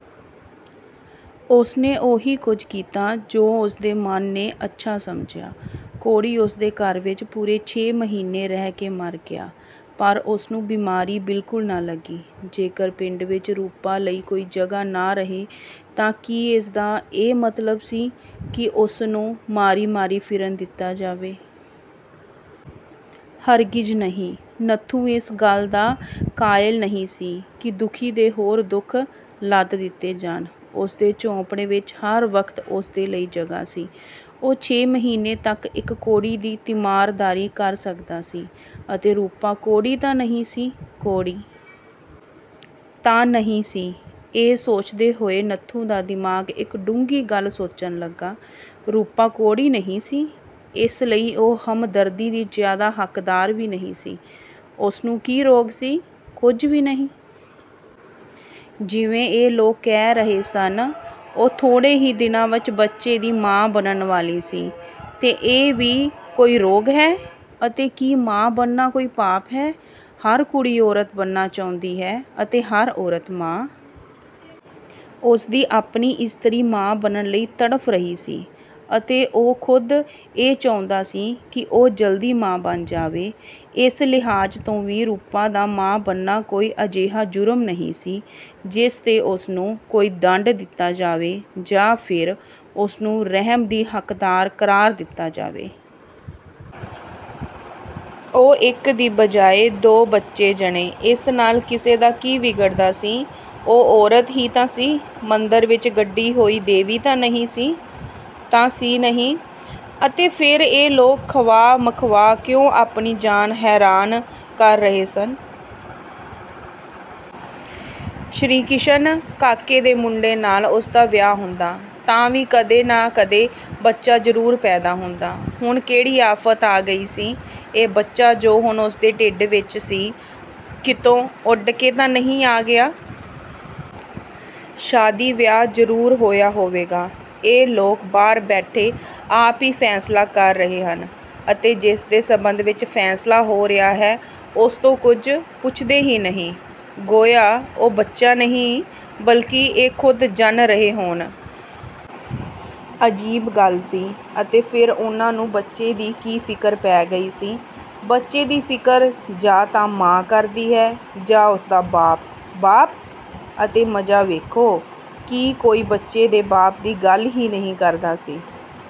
ਉਸਨੇ ਉਹੀ ਕੁੱਝ ਕੀਤਾ ਜੋ ਉਸਦੇ ਮਨ ਨੇ ਅੱਛਾ ਸਮਝਿਆ। ਕੋੜ੍ਹੀ ਉਸਦੇ ਘਰ ਵਿੱਚ ਪੂਰੇ ਛੇ ਮਹੀਨੇ ਰਹਿ ਕੇ ਮਰ ਗਿਆ ਪਰ ਉਸਨੂੰ ਬੀਮਾਰੀ ਬਿਲਕੁਲ ਨਾ ਲੱਗੀ। ਜੇਕਰ ਪਿੰਡ ਵਿੱਚ ਰੂਪਾ ਲਈ ਕੋਈ ਜਗ੍ਹਾ ਨਾ ਰਹੇ ਤਾਂ ਕੀ ਇਸਦਾ ਇਹ ਮਤਲਬ ਸੀ ਕਿ ਉਸਨੂੰ ਮਾਰੀ-ਮਾਰੀ ਫਿਰਨ ਦਿੱਤਾ ਜਾਵੇ। ਹਰਗਿਜ਼ ਨਹੀਂ, ਨੱਥੂ ਇਸ ਗੱਲ ਦਾ ਕਾਇਲ ਨਹੀਂ ਸੀ ਕਿ ਦੁਖੀ 'ਤੇ ਹੋਰ ਦੁੱਖ ਲੱਦ ਦਿੱਤੇ ਜਾਣ। ਉਸਦੇ ਝੋਂਪੜੇ ਵਿੱਚ ਹਰ ਵਕਤ ਉਸਦੇ ਲਈ ਜਗ੍ਹਾ ਸੀ। ਉਹ ਛੇ ਮਹੀਨੇ ਤੱਕ ਇੱਕ ਕੋੜ੍ਹੀ ਦੀ ਤੀਮਾਰਦਾਰੀ ਕਰ ਸਕਦਾ ਸੀ ਅਤੇ ਰੂਪਾ ਕੋੜ੍ਹੀ ਤਾਂ ਨਹੀਂ ਸੀ। ਕੋੜ੍ਹੀ ਤਾਂ ਨਹੀਂ ਸੀ, ਇਹ ਸੋਚਦੇ ਹੋਏ ਨੱਥੂ ਦਾ ਦਿਮਾਗ਼ ਇੱਕ ਡੂੰਘੀ ਗੱਲ ਸੋਚਣ ਲੱਗਾ। ਰੂਪਾ ਕੋੜ੍ਹੀ ਨਹੀਂ ਸੀ, ਇਸ ਲਈ ਉਹ ਹਮਦਰਦੀ ਦੀ ਜ਼ਿਆਦਾ ਹੱਕਦਾਰ ਵੀ ਨਹੀਂ ਸੀ। ਉਸਨੂੰ ਕੀ ਰੋਗ ਸੀ? ਕੁੱਝ ਵੀ ਨਹੀਂ। ਜਿਵੇਂ ਇਹ ਲੋਕ ਕਹਿ ਰਹੇ ਸਨ, ਉਹ ਥੋੜ੍ਹੇ ਹੀ ਦਿਨਾਂ ਵਿੱਚ ਬੱਚੇ ਦੀ ਮਾਂ ਬਣਨ ਵਾਲੀ ਸੀ, ਤੇ ਇਹ ਵੀ ਕੋਈ ਰੋਗ ਹੈ। ਅਤੇ ਕੀ ਮਾਂ ਬਣਨਾ ਕੋਈ ਪਾਪ ਹੈ? ਹਰ ਕੁੜੀ ਔਰਤ ਬਣਨਾ ਚਾਹੁੰਦੀ ਹੈ ਅਤੇ ਹਰ ਔਰਤ ਮਾਂ। ਉਸਦੀ ਆਪਣੀ ਇਸਤਰੀ ਮਾਂ ਬਣਨ ਲਈ ਤੜਫ਼ ਰਹੀ ਸੀ ਅਤੇ ਉਹ ਖ਼ੁਦ ਇਹ ਚਾਹੁੰਦਾ ਸੀ ਕਿ ਉਹ ਜਲਦੀ ਮਾਂ ਬਣ ਜਾਵੇ। ਇਸ ਲਿਹਾਜ਼ ਤੋਂ ਵੀ ਰੂਪਾ ਦਾ ਮਾਂ ਬਣਨਾ ਕੋਈ ਅਜਿਹਾ ਜੁਰਮ ਨਹੀਂ ਸੀ ਜਿਸ 'ਤੇ ਉਸਨੂੰ ਕੋਈ ਦੰਡ ਦਿੱਤਾ ਜਾਵੇ ਜਾਂ ਫਿਰ ਉਸਨੂੰ ਰਹਿਮ ਦੀ ਹੱਕਦਾਰ ਕਰਾਰ ਦਿੱਤਾ ਜਾਵੇ। ਉਹ ਇੱਕ ਦੇ ਬਜਾਏ ਦੋ ਬੱਚੇ ਜਣੇ। ਇਸ ਨਾਲ ਕਿਸੇ ਦਾ ਕੀ ਵਿਗੜਦਾ ਸੀ। ਉਹ ਔਰਤ ਹੀ ਤਾਂ ਸੀ। ਮੰਦਰ ਵਿੱਚ ਗੱਡੀ ਹੋਈ ਦੇਵੀ ਤਾਂ ਸੀ ਨਹੀਂ। ਅਤੇ ਫਿਰ ਇਹ ਲੋਕ ਖ਼ਵਾਹ-ਮਖ਼ਵਾਹ ਕਿਉਂ ਆਪਣੀ ਜਾਨ ਹੈਰਾਨ ਕਰ ਰਹੇ ਸਨ। ਸ੍ਰੀ ਕਿਸ਼ਨ ਕਾਕੇ ਦੇ ਮੁੰਡੇ ਨਾਲ਼ ਉਸਦਾ ਵਿਆਹ ਹੁੰਦਾ ਤਾਂ ਵੀ ਕਦੇ ਨਾ ਕਦੇ ਬੱਚਾ ਜ਼ਰੂਰ ਪੈਦਾ ਹੁੰਦਾ। ਹੁਣ ਕਿਹੜੀ ਆਫ਼ਤ ਆ ਗਈ ਸੀ। ਇਹ ਬੱਚਾ ਜੋ ਹੁਣ ਉਸਦੇ ਢਿੱਡ ਵਿੱਚ ਸੀ, ਕਿਤੋਂ ਉੱਡ ਕੇ ਤਾਂ ਨਹੀਂ ਆ ਗਿਆ। ਸ਼ਾਦੀ-ਵਿਆਹ ਜ਼ਰੂਰ ਹੋਇਆ ਹੋਵੇਗਾ। ਇਹ ਲੋਕ ਬਾਹਰ ਬੈਠੇ ਆਪ ਹੀ ਫ਼ੈਸਲਾ ਕਰ ਰਹੇ ਹਨ ਅਤੇ ਜਿਸਦੇ ਸਬੰਧ ਵਿੱਚ ਫ਼ੈਸਲਾ ਹੋ ਰਿਹਾ ਹੈ, ਉਸਤੋਂ ਕੁੱਝ ਪੁੱਛਦੇ ਹੀ ਨਹੀਂ। ਗੋਇਆ ਉਹ ਬੱਚਾ ਨਹੀਂ, ਬਲਕਿ ਇਹ ਖ਼ੁਦ ਜਣ ਰਹੇ ਹੋਣ। ਅਜੀਬ ਗੱਲ ਸੀ। ਅਤੇ ਫਿਰ ਉਨ੍ਹਾਂ ਨੂੰ ਬੱਚੇ ਦੀ ਕੀ ਫ਼ਿਕਰ ਪੈ ਗਈ ਸੀ। ਬੱਚੇ ਦੀ ਫ਼ਿਕਰ ਜਾਂ ਤਾਂ ਮਾਂ ਕਰਦੀ ਹੈ ਜਾਂ ਉਸਦਾ ਬਾਪ- ਬਾਪ? ਅਤੇ ਮਜ਼ਾ ਵੇਖੋ ਕਿ ਕੋਈ ਬੱਚੇ ਦੇ ਬਾਪ ਦੀ ਗੱਲ ਹੀ ਨਹੀਂ ਕਰਦਾ ਸੀ।